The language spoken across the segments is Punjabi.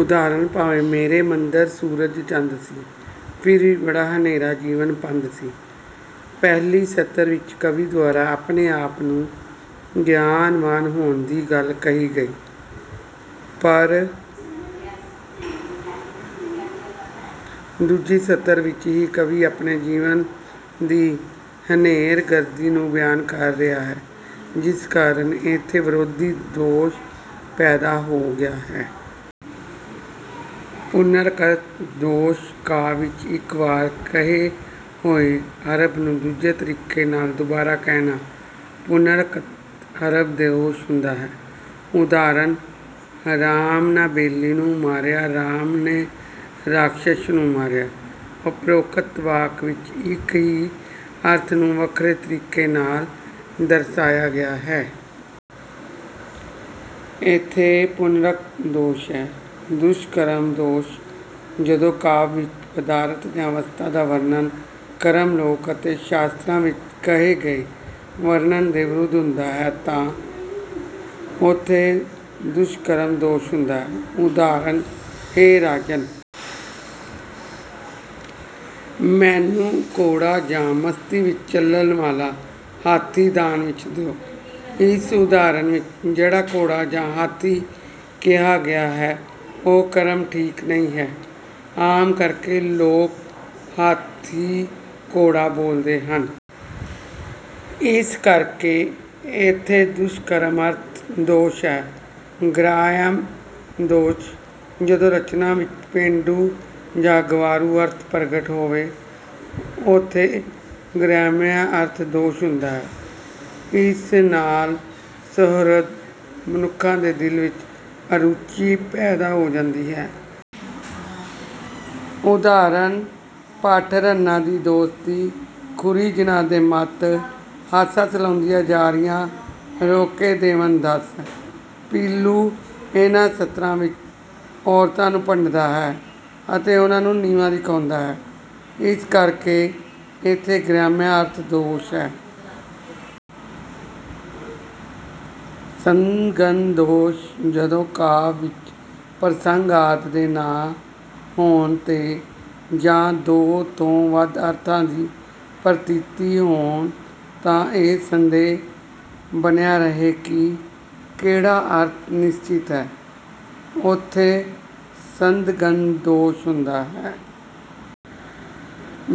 ਉਦਾਹਰਣ- ਭਾਵੇਂ ਮੇਰੇ ਮੰਦਰ ਸੂਰਜ ਚੰਦ ਸੀ, ਫਿਰ ਵੀ ਬੜਾ ਹਨੇਰਾ ਜੀਵਨ ਪੰਧ ਸੀ। ਪਹਿਲੀ ਸਤਰ ਵਿੱਚ ਕਵੀ ਦੁਆਰਾ ਆਪਣੇ ਆਪ ਨੂੰ ਗਿਆਨਵਾਨ ਹੋਣ ਦੀ ਗੱਲ ਕਹੀ ਗਈ ਹੈ ਪਰ ਦੂਜੀ ਸਤਰ ਵਿੱਚ ਹੀ ਕਵੀ ਆਪਣੇ ਜੀਵਨ ਦੀ ਹਨੇਰਗਰਦੀ ਨੂੰ ਬਿਆਨ ਕਰ ਰਿਹਾ ਹੈ, ਜਿਸ ਕਾਰਨ ਇਥੇ ਵਿਰੋਧੀ ਦੋਸ਼ ਪੈਦਾ ਹੋ ਗਿਆ ਹੈ। ਪੁਨਰੁਕਤ ਦੋਸ਼: ਕਾਵਿ ਵਿੱਚ ਇੱਕ ਵਾਰ ਕਹੇ ਹੋਏ ਅਰਥ ਨੂੰ ਦੂਜੇ ਤਰੀਕੇ ਨਾਲ ਦੁਬਾਰਾ ਕਹਿਣਾ ਪੁਨਰੁਕਤ ਅਰਥ ਦੋਸ਼ ਹੁੰਦਾ ਹੈ। ਉਦਾਹਰਣ- ਰਾਮ ਨੇ ਬਾਲੀ ਨੂੰ ਮਾਰਿਆ। ਰਾਮ ਨੇ ਰਾਖਸ਼ਸ ਨੂੰ ਮਾਰਿਆ। ਉਪਰੋਕਤ ਵਾਕਾਂ ਵਿੱਚ ਇੱਕ ਹੀ ਅਰਥ ਨੂੰ ਵੱਖਰੇ ਤਰੀਕੇ ਨਾਲ ਦਰਸਾਇਆ ਗਿਆ ਹੈ। ਇਥੇ ਪੁਨਰੁਕਤ ਦੋਸ਼ ਹੈ। ਦੁਸ਼ਕ੍ਰਮ ਦੋਸ਼: ਜਦੋਂ ਕਾਵਿ ਵਿੱਚ ਪਦਾਰਥਾਂ ਜਾਂ ਵਸਤਾਂ ਦਾ ਵਰਣਨ-ਕ੍ਰਮ ਲੋਕ ਅਤੇ ਸ਼ਾਸਤਰਾਂ ਵਿੱਚ ਕਹੇ ਗਏ ਵਰਣਨ ਦੇ ਵਿਰੁੱਧ ਹੁੰਦਾ ਹੈ ਤਾਂ ਉੱਥੇ ਦੁਸ਼ਕ੍ਰਮ ਦੋਸ਼ ਹੁੰਦਾ ਹੈ। ਉਦਾਹਰਣ- ਹੇ ਰਾਜਨ! ਮੈਨੂੰ ਘੋੜਾ ਜਾਂ ਮਸਤੀ ਵਿੱਚ ਚੱਲਣ ਵਾਲਾ ਹਾਥੀ ਦਾਨ ਵਿੱਚ ਦਿਓ। ਇਸ ਉਦਾਹਰਣ ਵਿੱਚ ਜਿਹੜਾ ਘੋੜਾ ਜਾਂ ਹਾਥੀ ਕਿਹਾ ਗਿਆ ਹੈ, ਉਹ ਕ੍ਰਮ ਠੀਕ ਨਹੀਂ ਹੈ। ਆਮ ਕਰਕੇ ਲੋਕ 'ਹਾਥੀ ਘੋੜਾ' ਬੋਲਦੇ ਹਨ। ਇਸ ਕਰਕੇ ਇੱਥੇ ਦੁਸ਼ਕ੍ਰਮ ਅਰਥ ਦੋਸ਼ ਹੈ। ਗ੍ਰਾਮਯ ਦੋਸ਼: ਜਦੋਂ ਰਚਨਾ ਵਿੱਚ ਪੇਂਡੂ ਜਾਂ ਗੰਵਾਰੂ ਅਰਥ ਪ੍ਰਗਟ ਹੋਵੇ ਉੱਥੇ ਗ੍ਰਾਮਯ ਅਰਥ ਦੋਸ਼ ਹੁੰਦਾ ਹੈ। ਇਸ ਨਾਲ ਸੁਹਿਰਦ ਮਨੁੱਖਾਂ ਦੇ ਦਿਲ ਵਿੱਚ ਅਰੁੱਚੀ ਪੈਦਾ ਹੋ ਜਾਂਦੀ ਹੈ। ਉਦਾਹਰਣ- ਭਠ ਰੰਨਾਂ ਦੀ ਦੋਸਤੀ, ਖ਼ੁਰੀ ਜਿਨ੍ਹਾਂ ਦੀ ਮਤ। ਹੱਸ ਹੱਸ ਲਾਉਂਦੀਆਂ ਯਾਰੀਆਂ, ਰੋ ਕੇ ਦੇਵਣ ਦੱਸ। ਪੀਲੂ ਇਨ੍ਹਾਂ ਸਤਰਾਂ ਵਿੱਚ ਔਰਤ ਨੂੰ ਭੰਡਦਾ ਹੈ ਅਤੇ ਉਨ੍ਹਾਂ ਨੂੰ ਨੀਵਾਂ ਵਿਖਾਉਂਦਾ ਹੈ, ਇਸ ਕਰਕੇ ਇਥੇ ਗ੍ਰਾਮਯ ਅਰਥ ਦੋਸ਼ ਹੈ। ਸੰਦਿਗਧ ਦੋਸ਼: ਜਦੋਂ ਕਾਵਿ ਵਿੱਚ ਪ੍ਰਸੰਗ ਆਦਿ ਦੇ ਨਾ ਹੋਣ 'ਤੇ ਜਾਂ ਦੋ ਤੋਂ ਵੱਧ ਅਰਥਾਂ ਦੀ ਪ੍ਰਤੀਤੀ ਹੋਣ 'ਤੇ ਇਹ ਸੰਦੇਹ ਬਣਿਆ ਰਹੇ ਕਿ ਕਿਹੜਾ ਅਰਥ ਨਿਸ਼ਚਿਤ ਹੈ, ਉੱਥੇ ਸੰਦਿਗਧ ਦੋਸ਼ ਹੁੰਦਾ ਹੈ।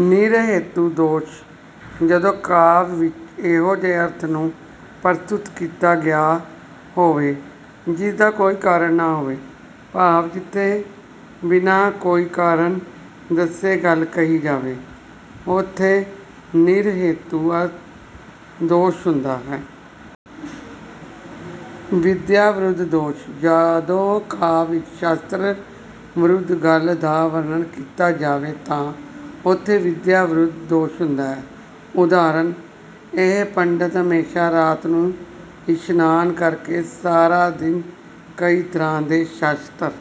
ਨਿਰਹੇਤੂ ਦੋਸ਼: ਜਦੋਂ ਕਾਵਿ ਵਿੱਚ ਇਹੋ ਜਿਹੇ ਅਰਥ ਨੂੰ ਪ੍ਰਸਤੂਤ ਕੀਤਾ ਗਿਆ ਹੋਵੇ ਜਿਸਦਾ ਕੋਈ ਕਾਰਨ ਨਾ ਹੋਵੇ ਭਾਵ ਜਿਥੇ ਬਿਨ੍ਹਾਂ ਕੋਈ ਕਾਰਨ ਦੱਸੇ ਗੱਲ ਕਹੀ ਜਾਵੇ ਉੱਥੇ ਨਿਰਹੇਤੂ ਅਰਥ ਦੋਸ਼ ਹੁੰਦਾ ਹੈ। ਵਿਦਿਆ ਵਿਰੁੱਧ ਦੋਸ਼: ਜਦੋਂ ਕਾਵਿ ਵਿੱਚ ਸ਼ਾਸਤਰ ਵਿਰੁੱਧ ਗੱਲ ਦਾ ਵਰਣਨ ਕੀਤਾ ਜਾਵੇ ਤਾਂ ਉਥੇ ਵਿਦਿਆ ਵਿਰੁੱਧ ਦੋਸ਼ ਹੁੰਦਾ ਹੈ। ਉਦਾਹਰਣ- ਇਹ ਪੰਡਤ ਹਮੇਸ਼ਾ ਰਾਤ ਨੂੰ ਇਸ਼ਨਾਨ ਕਰਕੇ ਸਾਰਾ ਦਿਨ ਕਈ ਤਰ੍ਹਾਂ ਦੇ ਸ਼ਾਸਤਰ